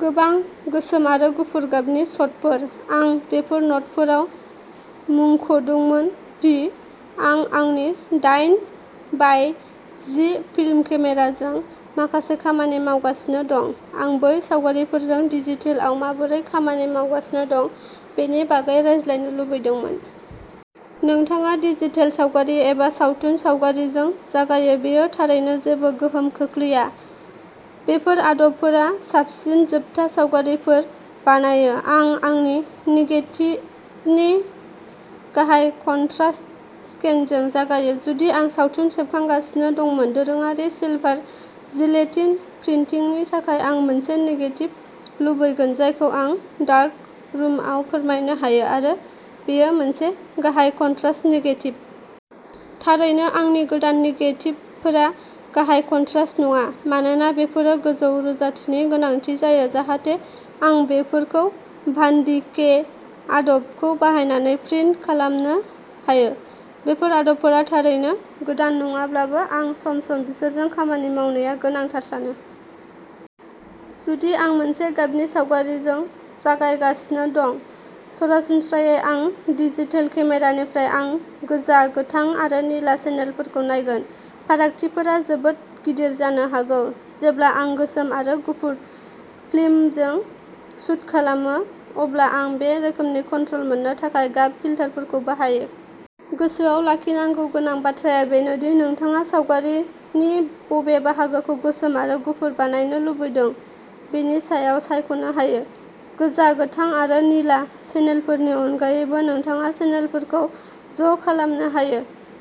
गोबां गोसोम आरो गुफुर गाबनि शटफोर। आं बेफोर न'टफोराव मुंख'दोंमोन दि आं आंनि दाइन बाय जि फिल्म केमेराजों माखासे खामानि मावगासिनो दं। आं बै सावगारिफोरजों डिजिटेलआव माबोरै खामानि मावगासिनो दं बेनि बागै रायज्लायनो लुबैदोंमोन। नोंथाङा डिजिटेल सावगारि एबा सावथुन सावगारिजों जागायो, बेयो थारैनो जेबो गोहोम खोख्लैया बेफोर आदबफोरा साबसिन जोबथा सावगारिफोर बानायो। आं आंनि नेगेटिभनि गाहाय कनट्रास्ट स्केनजों जागायो। जुदि आं सावथुन सेबखांगासिनो दंमोन, दोरोङारि सिलभार जिलेटिन प्रिन्टिंनि थाखाय आं मोनसे नेगेटिभ लुबैगोन जायखौ आं डार्करुमआव फोरमायनो हायो आरो बेयो मोनसे गाहाय कनट्रास्ट नेगेटिभ। थारैनो आंनि गोदान नेगेटिभफोरा गाहाय कनट्रास्ट नङा, मानोना बेफोरो गोजौ रोजाथिनि गोनांथि जायो जाहाथे आं बेफोरखौ भान्डिके आदबखौ बाहायनानै प्रिन्ट खालामनो हायो। बेफोर आदबफोरा थारैनो गोदान नङाब्लाबो आं सम-सम बिसोरजों खामानि मावनाया गोनांथार सानो। जुदि आं मोनसे गाबनि सावगारिजों जागायगासिनो दं, सरासनस्रायै आंनि डिजिटेल केमेरानिफ्राय, आं गोजा, गोथां आरो निला चेनेलफोरखौ नायगोन। फारागथिफोरा जोबोद गिदिर जानो हागौ। जेब्ला आं गोसोम आरो गुफुर फिल्मजों शुट खालामो, अब्ला आं बे रोखोमनि कन्ट्रल मोननो थाखाय गाब फिल्टारफोरखौ बाहायो। गोसोआव लाखिनांगौ गोनां बाथ्राया बेनो दि नोंथाङा सावगारिनि बबे बाहागोखौ गोसोम आरो गुफुर बानायनो लुबैदों बेनि सायाव सायख'नो हायो। गोजा, गोथां आरो निला चेनेलफोरनि अनगायैबो नोंथाङा चेनेलफोरखौ ज'खालामनो हायो।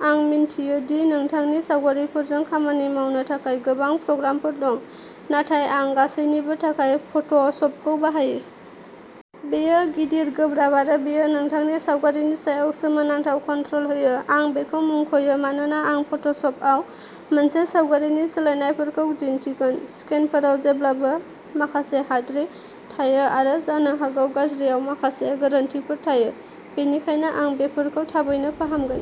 आं मिन्थियो दि नोंथांनि सावगारिफोरजों खामानि मावनो थाखाय गोबां प्रग्रामफोर दं, नाथाय आं गासैनिबो थाखाय फट'शपखौ बाहायो। बेयो गिदिर, गोब्राब आरो बेयो नोंथांनि सावगारिनि सायाव सोमोनांथाव कन्ट्रल होयो। आं बेखौ मुंख'यो मानोना आं फट'शपआव मोनसे सावगारिनि सोलायनायफोरखौ दिन्थिगोन। स्केनफोराव जेब्लाबो माखासे हाद्रि थायो आरो जानो हागौ गाज्रिआव माखासे गोरोन्थिफोर थायो, बेनिखायनो आं बेफोरखौ थाबैनो फाहामगोन।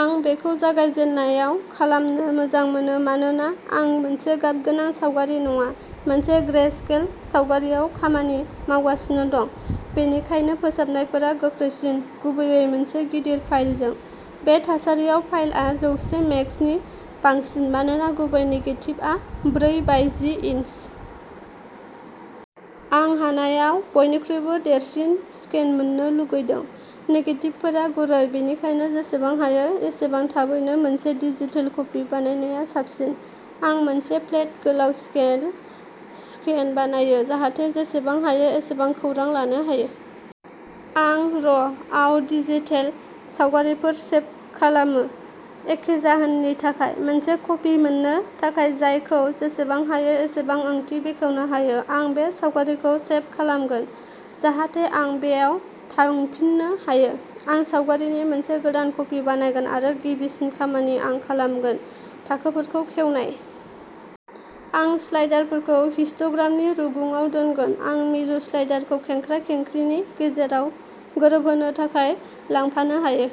आं बेखौ जागायजेननायाव खालामनो मोजां मोनो। मानोना आं मोनसे गाबगोनां सावगारि नङा, मोनसे ग्रे-स्केल सावगारिआव खामानि मावगासिनो दं, बेनिखायनो फोसाबनायफोरा गोख्रैसिन, गुबैयै मोनसे गिदिर फाइलजों। बे थासारियाव फाइलआ जौसे मेगसनि बांसिन, मानोना गुबै नेगेटिभआ ब्रै बाय जि इन्सि। आं हानायाव बयनिख्रुइबो देरसिन स्केन मोननो लुगैदों। नेगेटिभफोरा गुरै, बेनिखायनो जेसेबां हायो एसेबां थाबैनो मोनसे डिजिटेल कपि बानायनाया साबसिन। आं मोनसे फ्लेट, गोलाव स्केल, स्केन बानायो जाहाथे जेसेबां हायो एसेबां खौरां लानो हायो। आं र’ आव डिजिटेल सावगारिफोर सेब खालामो एखे जाहोननि थाखायः मोनसे कपि मोननो थाखाय जायखौ जेसेबां हायो एसेबां ओंथि बेखेवनो हायो। आं बे सावगारिखौ सेब खालामगोन, जाहाथे आं बेयाव थांफिननो हायो। आं सावगारिनि मोनसे गोदान कपि बानायगोन, आरो गिबिसिन खामानि आं खालामगोन थाखोफोरखौ खेवनाय। आं स्लाइडारफोरखौ हिस्ट'ग्रामनि रुगुङाव दोनगोन। आं मिरु स्लाइडारखौ खेंख्रा खेंख्रिनि गेजेराव गोरोबहोनो थाखाय लांफानो हायो।